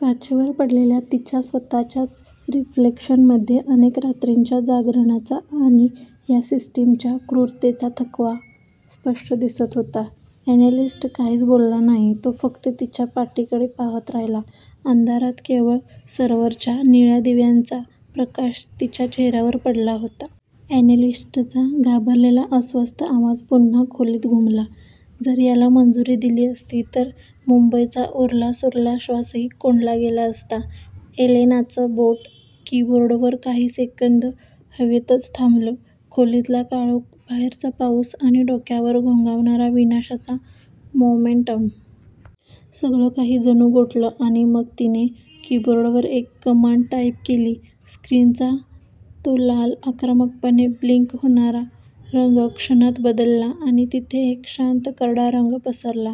काचेवर पडलेल्या तिच्या स्वतःच्याच रिफ्लेक्शनमध्ये अनेक रात्रींच्या जागरणाचा आणि या सिस्टीमच्या क्रूरतेचा थकवा स्पष्ट दिसत होता. अनॅलिस्ट काहीच बोलला नाही, तो फक्त तिच्या पाठीकडे पाहत राहिला. अंधारात केवळ सर्व्हरच्या निळ्या दिव्यांचा प्रकाश तिच्या चेहऱ्यावर पडला होता. अनॅलिस्टचा घाबरलेला, अस्वस्थ आवाज पुन्हा खोलीत घुमला, जर याला मंजुरी दिली असती, तर मुंबईचा उरलासुरला श्वासही कोंडला गेला असता. एलेनाचं बोट कीबोर्डवर काही सेकंद हवेतच थांबलं. खोलीतला काळोख, बाहेरचा पाऊस आणि डोक्यावर घोंघावणारा विनाशाचा मोमेंटम. सगळं काही जणू गोठलं आणि मग, तिने कीबोर्डवर एक कमांड टाईप केली. स्क्रीनचा तो लाल, आक्रमकपणे ब्लिंक होणारा रंग क्षणात बदलला आणि तिथे एक शांत, करडा रंग पसरला.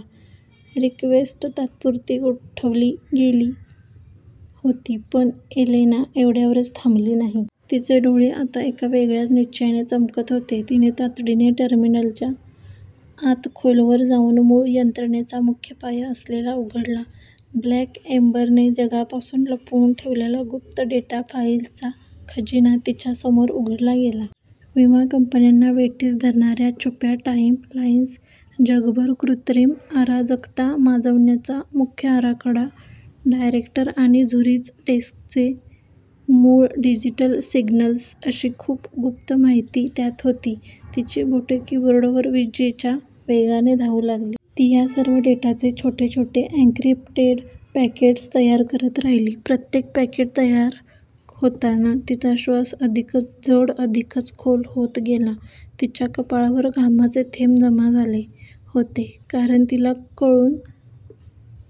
रिक्वेस्ट तात्पुरती गोठवली गेली होती, पण एलेना एवढ्यावरच थांबली नाही. तिचे डोळे आता एका वेगळ्याच निश्चयाने चमकत होते. तिने तातडीने टर्मिनलच्या आत खोलवर जाऊन मूळ यंत्रणेचा मुख्य पाया असलेला उघडला. 'ब्लॅक एम्बर'ने जगापासून लपवून ठेवलेला गुप्त डेटा फाईल्सचा खजिना तिच्या समोर उघडला गेला. विमा कंपन्यांना वेठीस धरणाऱ्या छुप्या टाईम लाईन्स, जगभर कृत्रिम अराजकता माजवण्याचा मुख्य आराखडा, डायरेक्टर आणि झुरिच डेस्कचे मूळ डिजिटल सिग्नल्स अशी खूप गुप्त माहिती त्यात होती. तिची बोटे कीबोर्डवर विजेच्या वेगाने धावू लागली. ती या सर्व डेटाचे छोटे छोटे एन्क्रिप्टेड पैकेट्स तयार करत राहिली. प्रत्येक पॅकेट तयार होताना तिचा श्वास अधिकच जड, अधिकच खोल होत गेला. तिच्या कपाळावर घामाचे थेंब जमा झाले होते. कारण, तिला कळून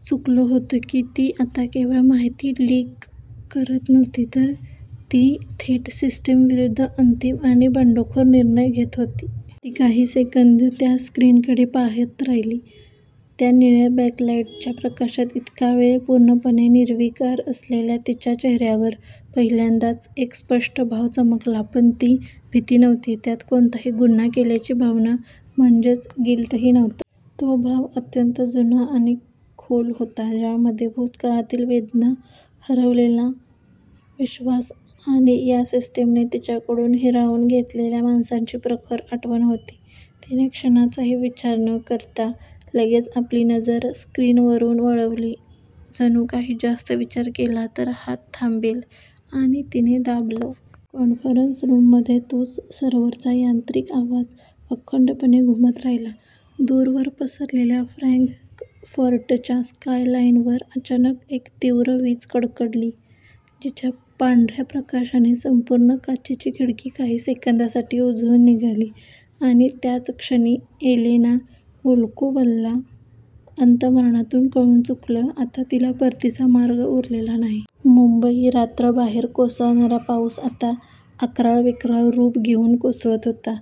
चुकलं होतं की ती आता केवळ माहिती लीक करत नव्हती तर ती थेट सिस्टीम विरुद्ध अंतिम आणि बंडखोर निर्णय घेत होती. ती काही सेकंद त्या स्क्रीनकडे पाहत राहिली. त्या निळ्या बॅकलाईटच्या प्रकाशात, इतका वेळ पूर्णपणे निर्विकार असलेल्या तिच्या चेहऱ्यावर पहिल्यांदाच एक स्पष्ट भाव चमकला. पण ती भीती नव्हती. त्यात कोणताही गुन्हा केल्याची भावना, म्हणजेच गिल्टही नव्हतं. तो भाव अत्यंत जुना आणि खोल होता ज्यामध्ये भूतकाळातील वेदना, हरवलेला विश्वास आणि या सिस्टीमने तिच्याकडून हिरावून घेतलेल्या माणसांची प्रखर आठवण होती. तिने क्षणाचाही विचार न करता लगेच आपली नजर स्क्रीनवरून वळवली जणू काही जास्त विचार केला, तर हात थांबेल आणि तिने दाबलं. कॉन्फरन्स रूममध्ये तोच सर्व्हरचा यांत्रिक आवाज अखंडपणे घुमत राहिला. दूरवर पसरलेल्या फ्रँकफर्टच्या स्कायलाईनवर अचानक एक तीव्र वीज कडकडली, जिच्या पांढऱ्या प्रकाशाने संपूर्ण काचेची खिडकी काही सेकंदांसाठी उजळून निघाली आणि त्याच क्षणी, एलेना व्होल्कोव्हला अंतर्मनातून कळून चुकलं आता तिला परतीचा मार्ग उरलेला नाही. मुंबई, रात्र. बाहेर कोसळणारा पाऊस आता अक्राळविक्राळ रूप घेऊन कोसळत होता.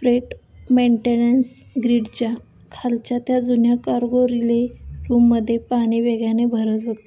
फ्रेट मेन्टेनन्स ग्रीडच्या खालच्या त्या जुन्या कार्गो रिले रूममध्ये पाणी वेगाने भरत होतं.